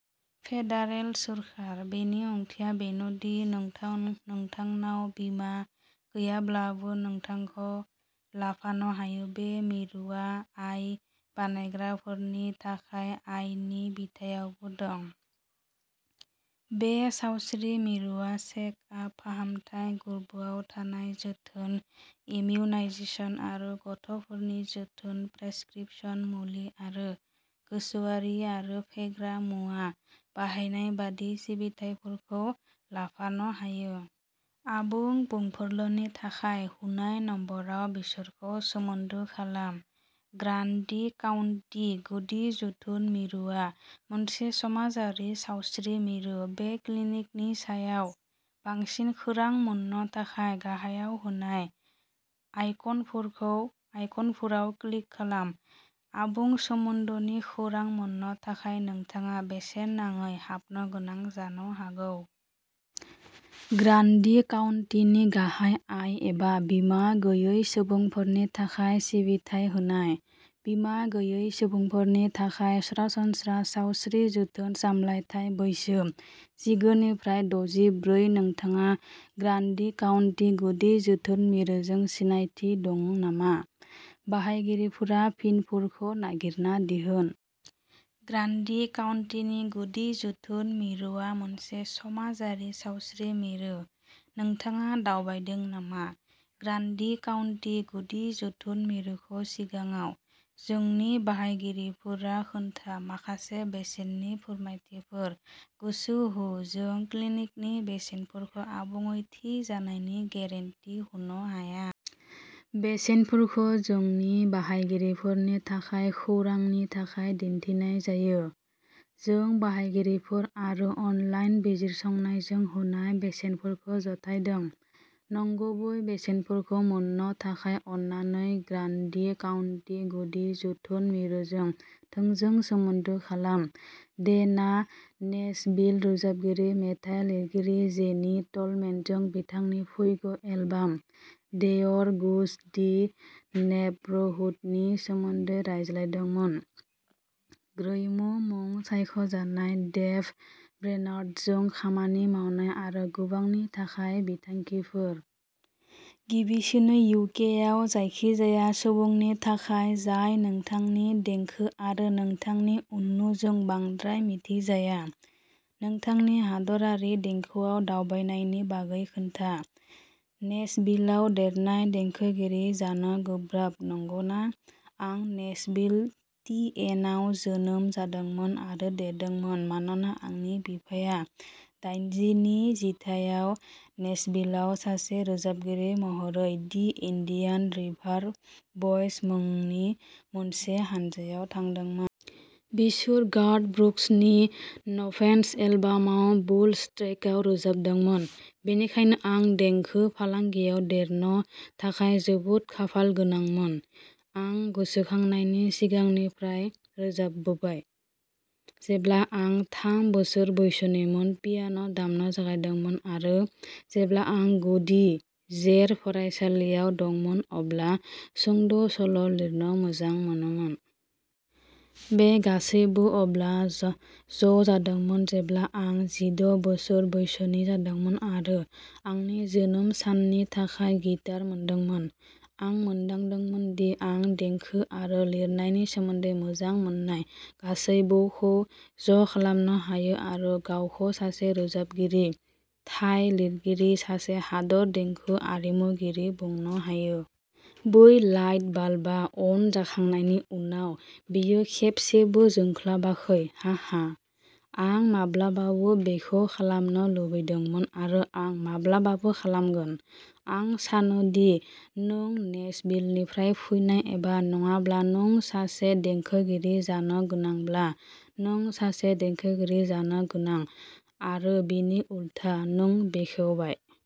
Federal सोरखार। बेनि ओंथिया बेनोदि नोंथां नोंथांनाव बीमा गैयाब्लाबो नोंथांखौ लाफानो हायो। बे मिरुआ आय बानायग्राफोरनि थाखाय आयनि बिथायावबो दं। बे सावस्रि मिरुआ चेकआप, फाहामथाय, गोर्बोआव थानाय जोथोन, इमिउनायजेसन आरो गथ'फोरनि जोथोन, प्रेसक्रिपशन मुलि आरो गोसोआरि आरो फेग्रा मुवा बाहायनाय बायदि सिबिथाइफोरखौ लाफानो हायो। आबुं बुंफुरलुनि थाखाय होनाय नम्बराव बिसोरखौ सोमोन्दो खालाम। ग्रान्डि काउन्टि गुदि जोथोन मिरुआ मोनसे समाजारि सावस्रि मिरु। बे क्लिनिकनि सायाव बांसिन खौरां मोन्नो थाखाय, गाहायाव होनाय आइकनखौ आइकनफोराव क्लिक खालाम। आबुं सोमोन्दोनि खौरां मोननो थाखाय नोंथाङा बेसेन नाङै हाबनो गोनां जानो हागौ। ग्रान्डि काउन्टिनि गाहाय आय एबा बिमा गैयै सुबुंफोरनि थाखाय सिबिथाय होनाय। बिमा गैयै सुबुंफोरनि थाखाय सरासनस्रा सावस्रि जोथोन सामलायथाय बैसो जिगु-दजिब्रै। नोंथाङा ग्रान्डि काउन्टि गुदि जोथोन मिरुजों सिनायथि दं नामा? बाहायगिरिफोरा फिनफोरखौ नागिरना दिहुन। ग्रान्डि काउन्टिनि गुदि जोथोन मिरुआ मोनसे समाजारि सावस्रि मिरु। नोंथाङा दावबायदों नामा? ग्रान्डी काउन्टी गुदि जोथोन मिरुखौ सिगाङाव? जोंनि बाहायगिरिफोरा खोन्था, माखासे बेसेननि फोरमायथिफोर! गोसो हो जों क्लिनिकनि बेसेनफोरखौ आबुङै थि जानायनि गेरेन्टि होनो हाया। बेसेनफोरखौ जोंनि बाहायगिरिफोरनि थाखाय खौरांनि थाखाय दिन्थिनाय जायो। जों बाहायगिरिफोर आरो अनलाइन बिजिरसंनायजों होनाय बेसेनफोरखौ जथायदों। नंगुबै बेसेनफोरखौ मोन्नो थाखाय अन्नानै ग्रान्डी काउन्टी गुदि जोथोन मिरुजों थोंजों सोमोन्दो खालाम। डेनआ नेशविल रोजाबगिरि-मेथाइ लिरगिरि जेनी टलमेनजों बिथांनि फैगौ एलबाम'देयर गोज दि नेब'रहुड'नि सोमोन्दै रायज्लायदोंमोन, ग्रैमी-मुं सायख'जानाय डेभ ब्रेनार्डजों खामानि मावनाय, आरो गोबांनि थाखाय बिथांखिफोर! गिबिसिनै, इउ के आव जायखिजाया सुबुंनि थाखाय जाय नोंथांनि देंखो आरो नोंथांनि उननुजों बांद्राय मिथिजाया, नोंथांनि हादोरयारि देंखोआव दावबायनायनि बागै खोन्था। नेशविलाव देरनाय, देंखोगिरि जानो गोब्राब नंगौना? आं नेशविल, टि एन आव जोनोम जादोंमोन आरो देरदोंमोन, मानोना आंनि बिफाया दाइनजिनि जिथायाव नेशविलआव सासे रोजाबगिरि महरै दि इन्डियान रिभार ब'य्स मुंनि मोनसे हानजायाव थांदोंमोन। बिसोर। गार्थ ब्रुक्सनि "न'फेन्सेस" एलबामाव "वुल्व्स" ट्रेकआव रोजाबदोंमोन। बेनिखायनो, आं देंखो फालांगियाव देरनो थाखाय जोबोद खाफालगोनांमोन। आं गोसोखांनायनि सिगांनिफ्राय रोजाबबाय, जेब्ला आं थाम बोसोर बैसोनिमोन, पियानो दामनो जागायदोंमोन, आरो जेब्ला आं गुदि गेजेर फरायसालियाव दंमोन अब्ला सुंद'सल'लिरनो मोजां मोनोमोन। बे गासैबो अब्ला जों ज'जादोंमोन जेब्ला आं जिद' बोसोर बैसोनि जादोंमोन आरो आंनि जोनोम साननि थाखाय गिटार मोनदोंमोन। आं मोनदांदोंमोन दि आं देंखो आरो लिरनायनि सोमोन्दै मोजां मोननाय गासैबोखौ ज'खालामनो हायो आरो गावखौ सासे रोजाबगिरि थाइ लिरगिरि-सासे हादोर देंखो आरिमुगिरि बुंनो हायो। बै लाइट बाल्बआ अन जाखांनायनि उनाव, बेयो खेबसेबो जोंख्लाबाखै, हाहा। आं माब्लाबाबो बेखौ खालामनो लुबैदोंमोन, आरो आं माब्लाबाबो खालामगोन। आं सानो दि नों नेशविलनिफ्राय फैनाय एबा नङाब्ला, नों सासे देंखोगिरि जानो गोनांब्ला, नों सासे देंखोगिरि जानो गोनां, आरो बिनि उलथा। नों बेखेवबाय।